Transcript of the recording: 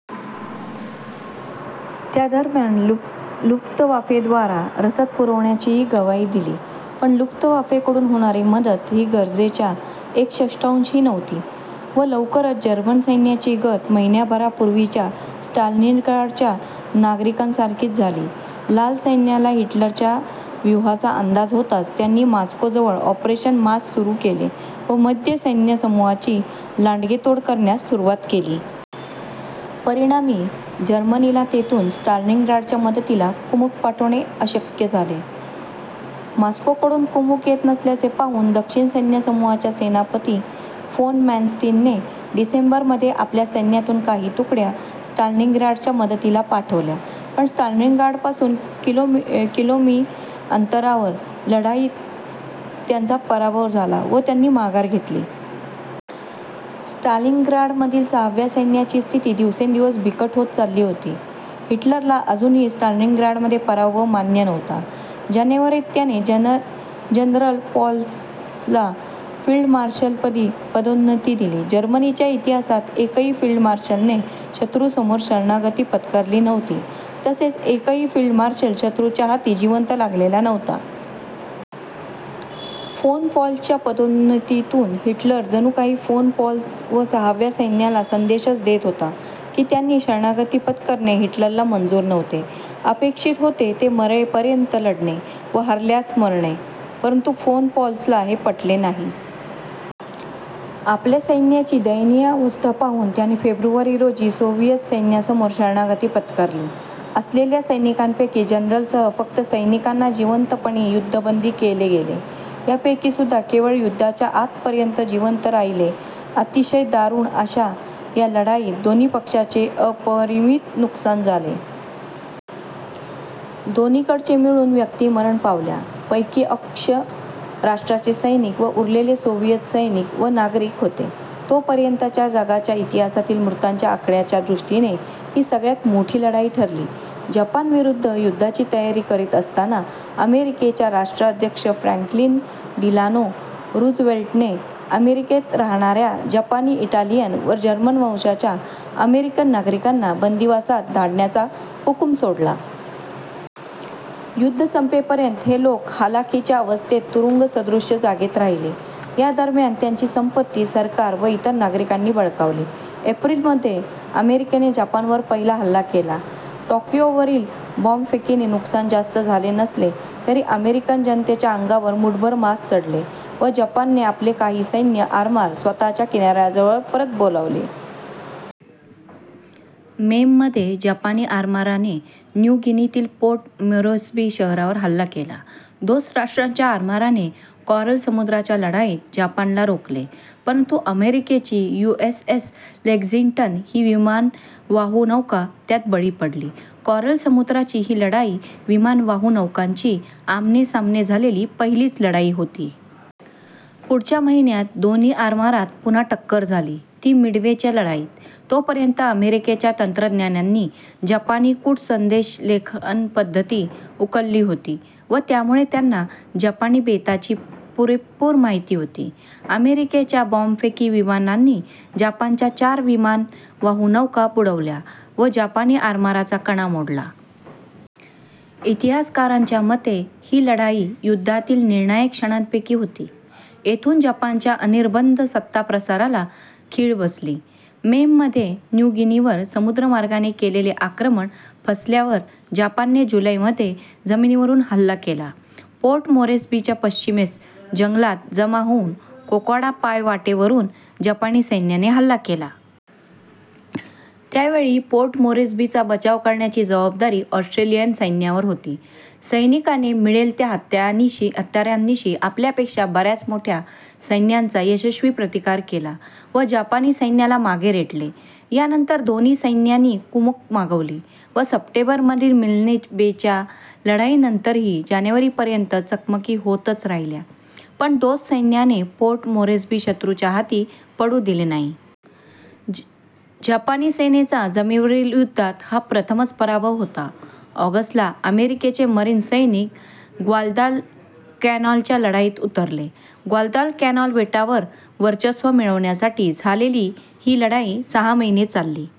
त्यादरम्यान लुफ्तवाफेद्वारा रसद पुरवण्याचीही ग्वाही दिली. पण लुफ्तवाफेकडून होणारी मदत ही गरजेच्या एक षष्ठांशही नव्हती व लवकरच जर्मन सैन्याची गत महिन्याभरापूर्वीच्या स्टालिनग्राडच्या नागरिकांसारखीच झाली. लाल सैन्याला हिटलरच्या व्यूहाचा अंदाज होताच. त्यांनी मॉस्कोजवळ ऑपरेशन मार्स सुरू केले व मध्य सैन्यसमूहाची लांडगेतोड करण्यास सुरुवात केली. परिणामी जर्मनीला तेथून स्टालिनग्राडच्या मदतीला कुमक पाठवणे अशक्य झाले. मॉस्कोकडून कुमक येत नसल्याचे पाहून दक्षिण सैन्यसमूहाच्या सेनापती फोन मॅनस्टीनने डिसेंबरमध्ये आपल्या सैन्यातून काही तुकड्या स्टालिनग्राडच्या मदतीला पाठवल्या पण स्टालिनग्राडपासून कि. मी. अंतरावरील लढाईत त्यांचा पराभव झाला व त्यांनी माघार घेतली. स्टालिनग्राडमधील सहाव्या सैन्याची स्थिती दिवसेंदिवस बिकट होत चालली होती. हिटलरला अजूनही स्टालिनग्राडमध्ये पराभव मान्य नव्हता. जानेवारीत त्याने जनरल पॉलसला फील्डमार्शलपदी पदोन्नती दिली. जर्मनीच्या इतिहासात एकाही फील्डमार्शलने शत्रूसमोर शरणागती पत्करली नव्हती तसेच एकही फील्डमार्शल शत्रूच्या हाती जिवंत लागलेला नव्हता. फोन पॉलसच्या पदोन्नतीतून हिटलर जणू काही फोन पॉलस व सहाव्या सैन्याला संदेशच देत होता की त्यांनी शरणागती पत्करणे हिटलरला मंजूर नव्हते. अपेक्षित होते ते मरेपर्यंत लढणे व हरल्यास मरणे. परंतु फोन पॉलसला हे पटले नाही. आपल्या सैन्याची दयनीय अवस्था पाहून त्याने फेब्रुवारी रोजी सोव्हिएत सैन्यासमोर शरणागती पत्करली. असलेल्या सैनिकांपैकी जनरलांसह फक्त सैनिकांना जिवंतपणी युद्धबंदी केले गेले. यांपैकीसुद्धा केवळ युद्धाच्या अंतापर्यंत जिवंत राहिले. अतिशय दारुण अशा या लढाईत दोन्ही पक्षांचे अपरिमित नुकसान झाले. दोन्हीकडचे मिळून व्यक्ती मरण पावल्या. पैकी अक्ष राष्ट्रांचे सैनिक व उरलेले सोव्हिएत सैनिक व नागरिक होते. तोपर्यंतच्या जगाच्या इतिहासातील मृतांच्या आकड्याच्या दृष्टीने ही सगळ्या मोठी लढाई ठरली. जपानविरुद्ध युद्धाची तयारी करीत असताना अमेरिकेच्या राष्ट्राध्यक्ष फ्रॅंकलिन डिलानो रूझवेल्टने अमेरिकेत राहणाऱ्या जपानी, इटालियन व जर्मन वंशाच्या अमेरिकन नागरिकांना बंदिवासात धाडण्याचा हुकुम सोडला. युद्ध संपेपर्यंत हे लोक हलाखीच्या अवस्थेत तुरुंगसदृश जागेत राहिले. त्यादरम्यान त्यांची संपत्ती सरकार व इतर नागरिकांनी बळकावली. एप्रिल मध्ये अमेरिकेने जपानवर पहिला हल्ला केला. टोक्योवरील बॉम्बफेकीने नुकसान जास्त झाले नसले तरी अमेरिकन जनतेच्या अंगावर मूठभर मांस चढले व जपानने आपले काही सैन्य व आरमार स्वतःच्या किनाऱ्याजवळ परत बोलावले. मेमध्ये जपानी आरमाराने न्यू गिनीतील पोर्ट मोरेस्बी शहरावर हल्ला केला. दोस्त राष्ट्रांच्या आरमाराने कॉरल समुद्राच्या लढाईत जपानला रोखले परंतु अमेरिकेची यु. एस. एस. लेक्झिंग्टन ही विमानवाहू नौका त्यात बळी पडली. कॉरल समुद्राची ही लढाई विमानवाहू नौकांची आमनेसामने झालेली पहिलीच लढाई होती. पुढच्या महिन्यात दोन्ही आरमारात पुन्हा टक्कर झाली ती मिडवेच्या लढाईत. तोपर्यंत अमेरिकेच्या तंत्रज्ञांनी जपानी कूटसंदेशलेखनपद्धती उकलली होती व त्यामुळे त्यांना जपानी बेतांची पूरेपूर माहिती होती. अमेरिकेच्या बॉम्बफेकी विमानांनी जपानच्या चार विमानवाहू नौका बुडवल्या व जपानी आरमाराचा कणा मोडला. इतिहासकारांच्या मते ही लढाई युद्धातील निर्णायक क्षणांपैकी होती. येथून जपानच्या अनिर्बंध सत्ताप्रसाराला खीळ बसली. मेमध्ये न्यू गिनीवर समुद्रीमार्गाने केलेले आक्रमण फसल्यावर जपानने जुलैमध्ये जमिनीवरून हल्ला केला. पोर्ट मोरेस्बीच्या पश्चिमेस जंगलात जमा होऊन कोकोडा पायवाटेवरून जपानी सैन्याने हल्ला केला. त्यावेळी पोर्ट मोरेस्बीचा बचाव करण्याची जबाबदारी ऑस्ट्रेलियन सैन्यावर होती. सैनिकांनी मिळेल त्या हत्यारांनिशी आपल्यापेक्षा बऱ्याच मोठ्या सैन्याचा यशस्वी प्रतिकार केला व जपानी सैन्याला मागे रेटले. यानंतर दोन्ही सैन्यांनी कुमक मागवली व सप्टेंबरमधील मिल्ने बेच्या लढाईनंतरही जानेवारी पर्यंत चकमकी होत राहिल्या पण दोस्त सैन्याने पोर्ट मोरेस्बी शत्रूच्या हाती पडू दिले नाही. जपानी सेनेचा जमिनीवरील युद्धात हा प्रथम पराभव होता. ऑगस्ट ला अमेरिकेचे मरीन सैनिक ग्वादालकॅनालच्या लढाईत उतरले. ग्वादालकॅनाल बेटावर वर्चस्व मिळवण्यासाठी झालेली ही लढाई सहा महिने चालली.